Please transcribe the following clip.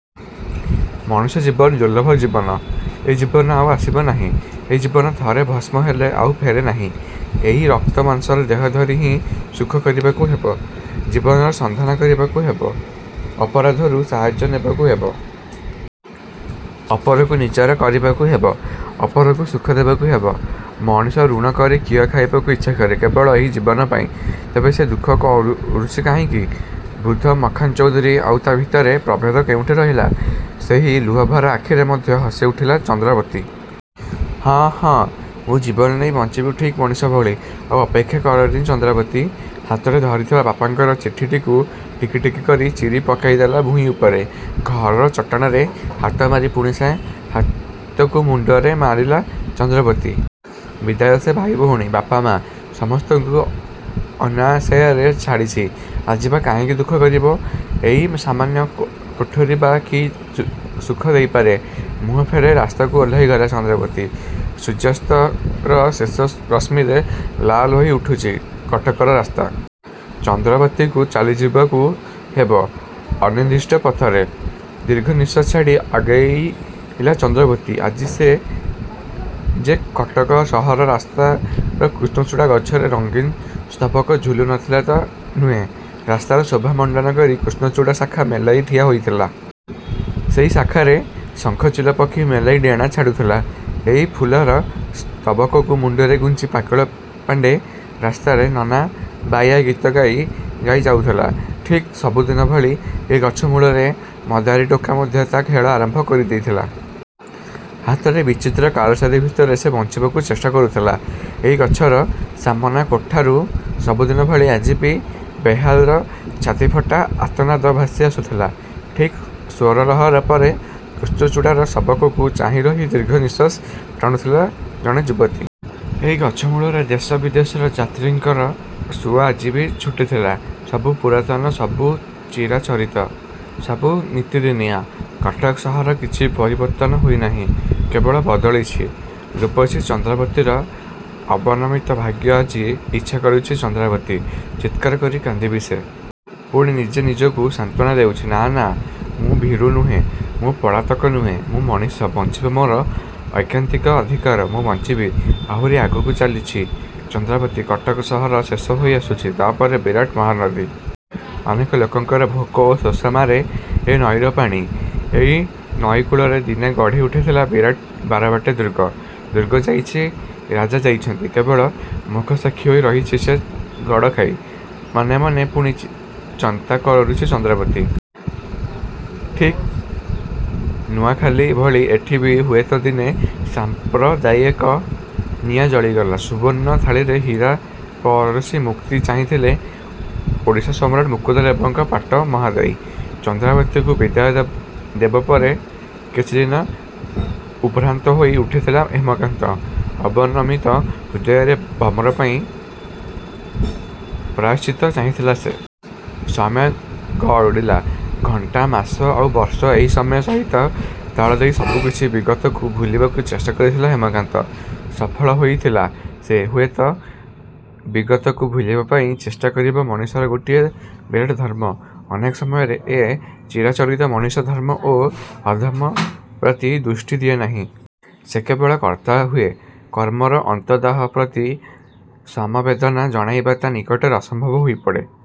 ମଣିଷ ଜୀବନ ଦୁର୍ଲଭ ଜୀବନ। ଏ ଜୀବନ ଆଉ ଆସିବ ନାହିଁ। ଏ ଜୀବନ ଥରେ ଭସ୍ମ ହେଲେ ଆଉ ଫେରେନାହିଁ। ଏଇ ରକ୍ତ ମାଂସର ଦେହ ଧରି ହିଁ ସୁଖ କରିବାକୁ ହେବ। ଜୀବନର ସନ୍ଧାନ କରିବାକୁ ହେବ। ଅପରାଧରୁ ସାହାଯ୍ୟ ନେବାକୁ ହେବ। ଅପରକୁ ନିଜର କରିବାକୁ ହେବ। ଅପରକୁ ସୁଖ ଦେବାକୁ ହେବ। ମଣିଷ ୠଣ କରି ଘିଅ ଖାଇବାକୁ ଇଚ୍ଛାକରେ, କେବଳ ଏଇ ଜୀବନପାଇଁ। ତେବେ ସେ ଦୁଃଖ କରୁ କରୁଛି କାହିଁକି-? ବୃଦ୍ଧ ମଖନ୍ ଚୌଧୁରୀ ଆଉ ତା' ଭିତରେ ପ୍ରଭେଦ କେଉଁଠି ରହିଲା। ସେହି ଲୁହଭରା ଆଖିରେ ମଧ୍ୟ ହସିଉଠିଲା ଚନ୍ଦ୍ରାବତୀ। ହଁ... ହଁ ମୁଁ ଜୀବନ ନେଇ ବଞ୍ଚିବି ଠିକ୍ ମଣିଷ ଭଳି। ଆଉ ଅପେକ୍ଷା କରନି ଚନ୍ଦ୍ରାବତୀ। ହାତରେ ଧରିଥିବା ବାପାଙ୍କର ଚିଠିଟିକୁ ଟିକି ଟିକି କରି ଚିରି ପକାଇଦେଲା ଭୂଇଁ ଉପରେ। ଘରର ଚଟାଣରେ ହାତମାରି ପୁଣି ସେ ହାତକୁ ମୁଣ୍ଡରେ ମାରିଲା ଚନ୍ଦ୍ରାବତୀ... ବିଦାୟ ସେ ଭାଇ ଭଉଣୀ... ବାପା ମାଆ... ସମସ୍ତଙ୍କୁ ଅନାୟାସରେ ଛାଡ଼ିଛି। ଆଜି ବା କାହିଁକି ଦୁଃଖ କରିବ। ଏଇ ସାମାନ୍ୟ କୋ କୋଠରୀ ବା କି ସୁ ସୁଖ ଦେଇପାରେ? ମୁହଁ ଫେରାଇ ରାସ୍ତାକୁ ଓହ୍ଲାଇଗଲେ ଚନ୍ଦ୍ରାବତୀ। ସୂର୍ଯ୍ୟାସ୍ତର ଶେଷ ରଶ୍ମିରେ ଲାଲ ହୋଇ ଉଠୁଛି କଟକର ରାସ୍ତା। ଚନ୍ଦ୍ରାବତୀକୁ ଚାଲିଯିବାକୁ ହେବ ଅନିର୍ଦ୍ଦଷ୍ଟ ପଥରେ ଦୀର୍ଘ ନିଃଶ୍ୱାସ ଛାଡ଼ି ଆଗେଇଲା ଚନ୍ଦ୍ରାବତୀ। ଆଜି ସେ ଯେ କଟକ ସହର ରାସ୍ତାର କୃଷ୍ଣଚୂଡ଼ା ଗଛରେ ରଙ୍ଗୀନ ସ୍ତବକ ଝୁଲୁ ନ ଥିଲା ତା' ନୁହେଁ। ରାସ୍ତାର ଶୋଭା ମଣ୍ଡନ କରି କୃଷ୍ଣଚୂଡ଼ା ଶାଖା ମେଲାଇ ଠିଆ ହୋଇଥିଲା। ସେଇ ଶାଖାରେ ଶଙ୍ଖଚିଲ ପକ୍ଷୀ ମେଲାଇ ଡେଣା ଚ୍ଛାଡ଼ୁଥିଲା। ଏଇ ଫୁଲର ସ୍ତବକକୁ ମୁଣ୍ଡରେ ଗୁଞ୍ଜି ପାଗଳ ପାଣ୍ଡେ ରାସ୍ତାରେ ନନା ବାଇଆ ଗୀତ ଗାଇ ଗାଇ ଯାଉଥିଲା। ଠିକ୍ ସବୁଦିନ ଭଳି ଏ ଗଛ ମୂଳରେ ମଦାରୀ ଟୋକା ମଧ୍ୟ ତା' ଖେଳ ଆରମ୍ଭ କରି ଦେଇଥିଲା। ହାତର ବିଚିତ୍ର କାରସାଦୀ ଭିତରେ ସେ ବଞ୍ଚିବାକୁ ଚେଷ୍ଟା କରୁଥିଲା। ଏଇ ଗଛର ସାମନା କୋଠାରୁ ସବୁଦିନ ଭଳି ଆଜି ବି ବେହାଲର ଛାତିଫଟା ଆର୍ତ୍ତନାଦ ଭାସି ଆସୁଥିଲା। ଠିକ ସ୍ୱରଲହର ପରେ ପରେ କୃଷ୍ଣଚୂଡ଼ାର ସ୍ତବକକୁ ଚାହିଁରହି ଦୀର୍ଘ ନିଃଶ୍ୱାସ ଟାଣୁଥିଲା ଜଣେ ଯୁବତୀ। ଏଇ ଗଛ ମୂଳରେ ଦେଶ ବିଦେଶର ଯାତ୍ରୀଙ୍କର ସୁଅ ଆଜି ବି ଛୁଟିଥିଲା। ସବୁ ପୁରାତନ, ସବୁ ଚିରାଚରିତ, ସବୁ ନିତିଦିନିଆଁ। କଟକ ସହର କିଛି ପରିବର୍ତ୍ତନ ହୋଇନାହିଁ। କେବଳ ବଦଳିଛି। ରୂପସୀ ଚନ୍ଦ୍ରବତୀର ଅବନମିତ ଭାଗ୍ୟ। ଆଜି ଇଚ୍ଛା କରୁଛି ଚନ୍ଦ୍ରାବତୀ... ଚିତ୍କାର କରି କାନ୍ଦିବି ସେ...। ପୁଣି ନିଜେ ନିଜକୁ ସାନ୍ତ୍ୱନା ଦେଉଛି.. ନାଁ... ନାଁ... ମୁଁ ଭୀରୁ ନୁହେଁ। ମୁଁ ପଳାତକ ନୁହେଁ। ମୁଁ ମଣିଷ.. ବଞ୍ଚିବା ମୋର ଐକାନ୍ତିକ ଅଧିକାର ମୁଁ ବଞ୍ଚିବି... ଆହୁରି ଆଗକୁ ଚାଲିଛି ଚନ୍ଦ୍ରାବତୀ। କଟକ ସହର ଶେଷ ହୋଇ ଆସୁଛି। ତା'ପରେ ବିରାଟ ମହାନଦୀ। ଅନେକ ଲୋକଙ୍କର ଭୋକ ଓ ଶୋଷ ମାରେ ଏ ନଈର ପାଣି। ଏଇ ନଈ କୂଳରେ ଦିନେ ଗଢ଼ି ଉଠିଥିଲା ବିରାଟ ବାରବାଟୀ ଦୁର୍ଗ। ଦୁର୍ଗ ଯାଇଛି, ରାଜା ଯାଇଛନ୍ତି, କେବଳ ମୂକସାକ୍ଷୀ ହୋଇ ରହିଛି ସେ ଗଡ଼ଖାଇ। ମନେ ମନେ ପୁଣି ଚି ଚନ୍ତା କରୁଛି ଚନ୍ଦ୍ରାବତୀ...। ଠିକ୍ ନୂଆଖାଲି ଭଳି ଏଠି ବି ହୁଏତ ଦିନେ ସାମ୍ପ୍ରଦାୟକ ନିଆଁ ଜଳିଥିଲା। ସୁବର୍ଣ୍ଣ ଥାଳିରେ ହୀରା ପରଷି ମୁକ୍ତି ଚାହିଁଥିଲେ ଓଡ଼ିଶା ସମ୍ରାଟ ମୁକୁନ୍ଦ ଦେବଙ୍କ ପାଟ ମହାଦେଈ। ଚନ୍ଦ୍ରାବତୀକୁ ବିଦାୟ ଦେବ ଦେବପାରେ କିଛିଦିନ ଉଦ୍ଭ୍ରାନ୍ତ ହୋଇ ଉଠିଥିଲା ହେମକାନ୍ତ। ଅବନମିତ ହୃଦୟରେ ଭ୍ରମରପାଇଁ ପ୍ରାୟଶ୍ଚିତ ଚାହିଁଥିଲା ସେ...। ସମୟ ଗଡ଼ିଲା। ଘଣ୍ଟା.. ମାସ... ଆଉ ବର୍ଷ ଏଇ ସମୟ ସହିତ ତାଳ ଦେଇ ସବୁକିଛି ବିଗତକୁ ଭୁଲିବାକୁ ଚେଷ୍ଟା କରିଥିଲା ହେମକାନ୍ତ। ସଫଳ ହୋଇଥିଲା ସେ। ହୁଏତ ବିଗତକୁ ଭୁଲିବା ପାଇଁ ଚେଷ୍ଟା କରିବା ମଣିଷର ଗୋଟିଏ ବିରାଟ ଧର୍ମ ଅନେକ ସମୟରେ ଏ ଚିରାଚରିତ ମଣିଷ ଧର୍ମ ଓ ଅଧର୍ମ ପ୍ରତି ଦୃଷ୍ଟି ଦିଏନାହିଁ। ସେ କେବଳ କର୍ତ୍ତା ହୁଏ। କର୍ମର ଅନ୍ତର୍ଦାହ ପ୍ରତି ସମବେଦନା ଜଣାଇବା ତା' ନିକଟରେ ଅସମ୍ଭବ ହୋଇପଡ଼େ।